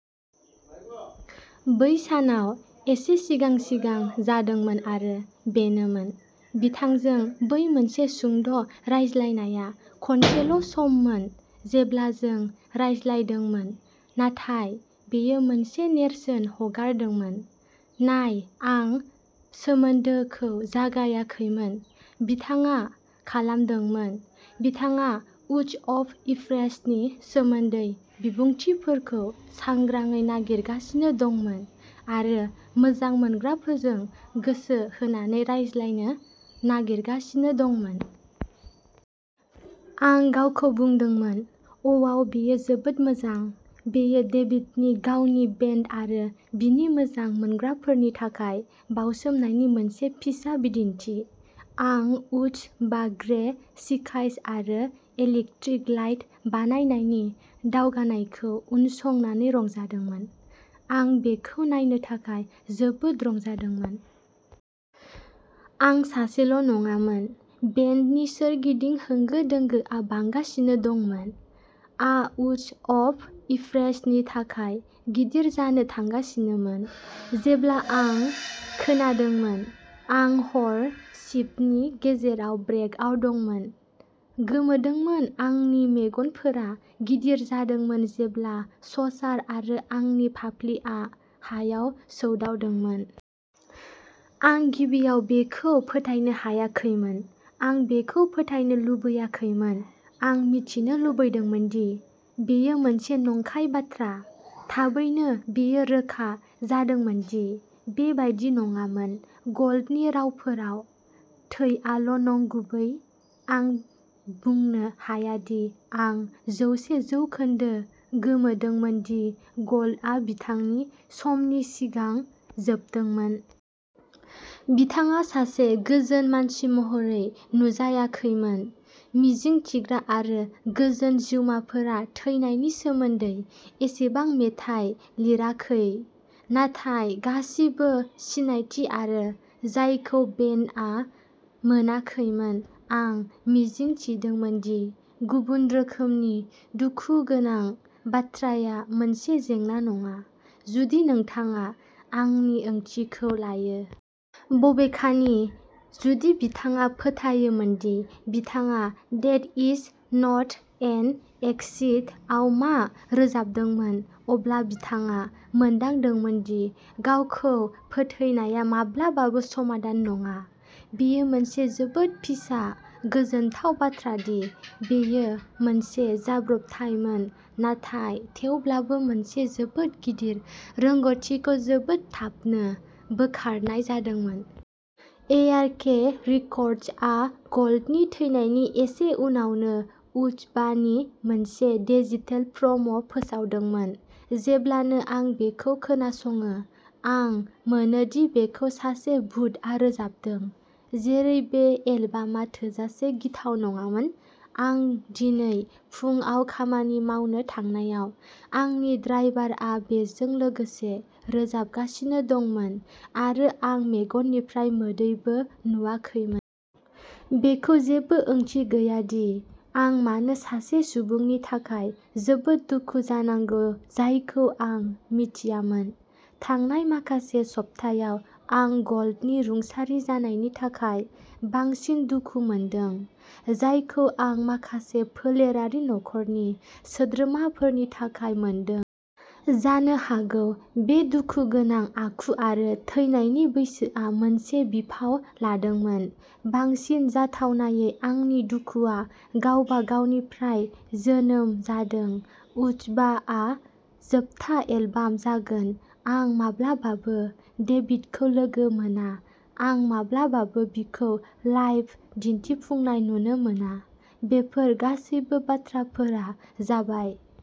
बै सानाव एसे सिगां-सिगां जादोंमोन आरो बेनोमोन। बिथांजों बै मोनसे सुंद' रायज्लायनाया खनसेल' सममोन जेब्ला जों "रायज्लायदोंमोन" नाथाय बेयो मोनसे नेरसोन हगारदोंमोन। नाय, आं सोमोनदोखौ जागायाखैमोन। बिथाङा खालामदोंमोन। बिथाङा उड्स अफ इप्रेसनि सोमोन्दै बिबुंथिफोरखौ सांग्राङै नागिरगासिनो दंमोन आरो मोजां मोनग्राफोरजों गोसो होनानै रायज्लायनो नागिरगासिनो दंमोन। आं गावखौ बुंदोंमोन, "अवाव बेयो जोबोद मोजां।" बेयो डेभिडनि गावनि बेन्ड आरो बिनि मोजां मोनग्राफोरनि थाखाय बावसोमनायनि मोनसे फिसा बिदिनथि। आं उड्स बा ग्रे सिकाइज आरो इलेक्ट्रिक लाइट बानायनायनि दावगानायखौ उनसंनानै रंजादोंमोन। आं बेखौ नायनो थाखाय जोबोद रंजादोंमोन। आं सासेल'नङामोन। बेन्डनि सोरगिदिं होंगो दोंगोआ बांगासिनो दंमोन। आ उड्स अफ इप्रेसनि थाखाय गिदिर जानो थांगासिनोमोन। जेब्ला आं खोनादोंमोन आं हर सिफ्टनि गेजेराव ब्रेकआव दंमोन। गोमोदोंमोन। आंनि मेगनफोरा गिदिर जादोंमोन जेब्ला ससार आरो आंनि फाफ्लिआ हायाव सौदावदोंमोन। आं गिबियाव बेखौ फोथायनो हायाखैमोन। आं बेखौ फोथायनो लुगैयाखैमोन। आं मिथिनो लुगैदोंमोन दि बेयो मोनसे नंखाय बाथ्रा। थाबैनो बेयो रोखा जादोंमोन दि बेबादि नङामोन। गल्डनि रावफोराव, "थैआल' नंगुबै।" आं बुंनो हाया दि आं जौसे जौखोनदो गोमोदोंमोन दि गल्डआ बिथांनि समनि सिगां जोबदोंमोन। बिथाङा सासे गोजोन मानसि महरै नुजायाखैमोन। मिजिंथिग्रा आरो गोजोन जिउमाफोरा थैनायनि सोमोन्दै एसेबां मेथाइ लिराखै। नाथाय गासिबो सिनायथि आरो जायखौ बेन्डआ मोनाखैमोन, आं मिजिंथिदोंमोन दि गुबुन रोखोमनि दुखुगोनां बाथ्राया मोनसे जेंना नङा। जुदि नोंथाङा आंनि ओंथिखौ लायो। बबेखानि, जुदि बिथाङा फोथायोमोन दि बिथाङा "death is not an exit" आव मा रोजाबदोंमोन, अब्ला बिथाङा मोनदांदोंमोन दि गावखौ फोथैनाया माब्लाबाबो समाधान नङा। बेयो मोनसे जोबोद फिसा गोजोनथाव बाथ्रा दि बेयो मोनसे जाब्रबथायमोन, नाथाय थेवब्लाबो, मोनसे जोबोद गिदिर रोंग'थिखौ जोबोद थाबनो बोखारनाय जादोंमोन। इयारके रिकर्डसआ गल्डनि थैनायनि एसे उनावनो उड्स बा नि मोनसे डिजिटेल प्रम' फोसावदोंमोन। जेब्लानो आं बेखौ खोनासङो, आं मोनो दि बेखौ सासे भुतआ रोजाबदों। जेरै बे एलबामा थोजासे गिथाव नङामोन। आं दिनै फुंआव खामानि मावनो थांनायाव आंनि ड्राइभारा बेजों लोगोसे रोजाबगासिनो दंमोन आरो आं मेगननिफ्राय मोदैबो नुवाखैमोन। बेखौ जेबो ओंथि गैया दि आं मानो सासे सुबुंनि थाखाय जोबोद दुखु जानांगौ जायखौ आं मिथियामोन। थांनाय माखासे सप्तायाव आं गल्डनि रुंसारि जानायनि थाखाय बांसिन दुखु मोनदों, जायखौ आं माखासे फोलेरारि नखरनि सोद्रोमाफोरनि थाखाय मोनदों। जानो हागौ बे दुखुगोनां आखु आरो थैनायनि बैसोआ मोनसे बिफाव लादोंमोन। बांसिन जाथावनायै, आंनि दुखुआ गावबा गावनिफ्राय जोनोम जादों। उड्स बा आ जोबथा एलबाम जागोन। आं माब्लाबाबो डेभिडखौ लोगो मोना। आं माब्लाबाबो बिखौ लाइभ दिनथिफुंनाय नुनो मोना। बेफोर गासैबो बाथ्राफोरा जाबाय,